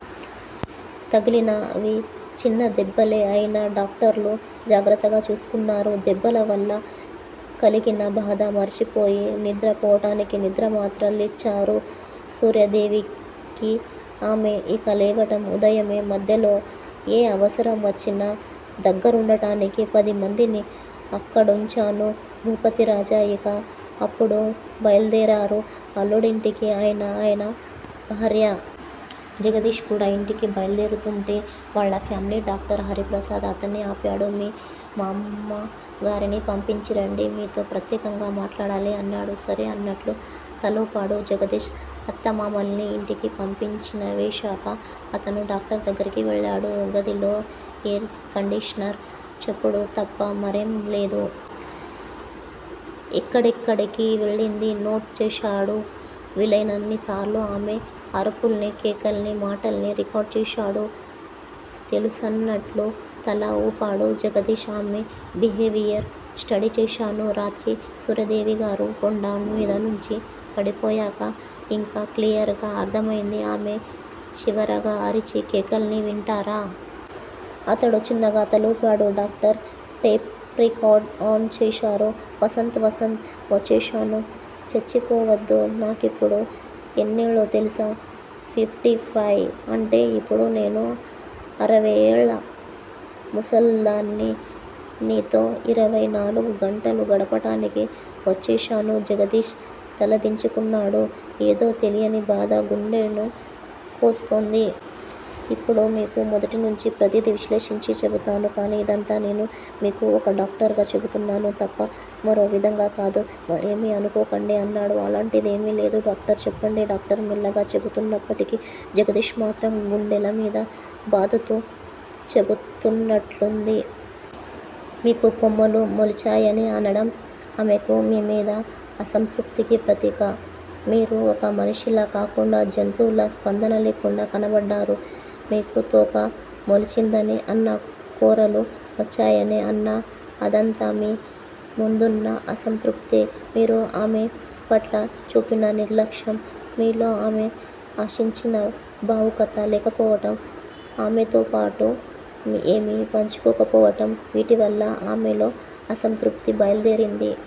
తగిలినవి చిన్న దెబ్బలే అయినా డాక్టర్లు జాగ్రత్తగా చూసుకున్నారు. దెబ్బలవల్ల కలిగిన బాధ మరిచిపోయి నిద్ర పోవడానికి నిద్ర మాత్ర లిచ్చారు సూర్యాదేవికి. ఆమె ఇక లేవడం ఉదయమే. మధ్యలో ఏ అవసరం వచ్చినా దగ్గరుండడానికి పదిమందిని అక్కడుంచాడు భూపతిరాజా ఇక అప్పుడు బయల్దేరారు అల్లుడింటికి ఆయనా, ఆయన భార్యా. జగదీష్ కూడా ఇంటికి బయల్దేరుతూంటే వాళ్ళ ఫ్యామిలీ డాక్టర్ హరిప్రసాద్ అతన్ని ఆపాడు. మీ మామగారిని పంపించి రండి. మీతో ప్రత్యేకంగా మాట్లాడాలి అన్నాడు. సరే నన్నట్లు తలూపాడు జగదీష్. అత్తామామల్ని ఇంటికి పంపించినవేశాక అతను డాక్టర్ దగ్గరికి వెళ్ళాడు. గదిలో ఏర్ కండీషనర్ చప్పుడు తప్ప మరేం లేదు. ఎక్కడెక్కడికి వెళ్ళిందీ నోట్ చేశాడు. వీలైనన్నిసార్లు ఆమె అరుపుల్ని కేకల్ని, మాటల్ని రికార్డు చేశాడు తెలుసన్నట్లు తల ఊపాడు జగదీష్. ఆమె బిహేవియర్ స్టడీ చేశాను. రాత్రి సూర్యాదేవిగారు కొండ మీద నుంచి పడిపోయాక ఇంకా క్లియర్ గా అర్ధమైంది. ఆమె చివరగా అరిచిన కేకల్ని వింటారా? అతను చిన్నగా తలూపాడు. డాక్టర్ టేప్ రికార్డర్ ఆన్ చేశారు. వసంత్ వసంత్ వచ్చేశాను చచ్చిపోవద్దు నాకిప్పుడు ఎన్నేళ్ళో తెలుసా? ఫిఫ్టీ ఫైవ్ అంటే ఇప్పుడు నేను అరయ్యేళ్ళ ముసల్దాన్ని నీతో ఇరవై నాలుగు గంటలు గడపడానికి వచ్చేశాను జగదీష్ తలదించుకున్నాడు. ఏదో తెలియని బాధ గుండెను కోస్తోంది. ఇప్పుడు మీకు మొదటి నుంచీ ప్రతిదీ విశ్లేషించి చెబుతాను. కానీ ఇదంతా నేను మీకు ఒక డాక్టర్ గా చెబుతున్నాను తప్ప మరో విధంగా కాదు. మరేమీ అనుకోండి అన్నాడు. అలాంటిదేమీ లేదు డాక్టర్ చెప్పండి డాక్టర్ మెల్లగా చెబుతున్నప్పటికి జగదీష్ మాత్రం గుండెల మీద బాధతో చెబుతున్నట్లుంది. మీకు కొమ్ములు మోలిచాయని అనడం ఆమెకు మీ మీద అసంతృప్తికి ప్రతీక. మీరు ఒక మనిషిలా కాకుండా జంతువులా, స్పందన లేకుండా కనపడ్డారు. మీకు తోక మొలిచిందని అన్నా కోరలు వచ్చాయని అన్నా- అదంతా మీ మున్దున్న అసంతృప్తే. మీరు ఆమె పట్ల చూపిన నిర్లక్ష్యం, మీలో ఆమె ఆశించిన భావుకత లేకపోవడం- ఆమెతోపాటు ఏమీ పంచుకోకపోవడం- వీటివల్ల ఆమెలో అసంతృప్తి బయల్దేరింది.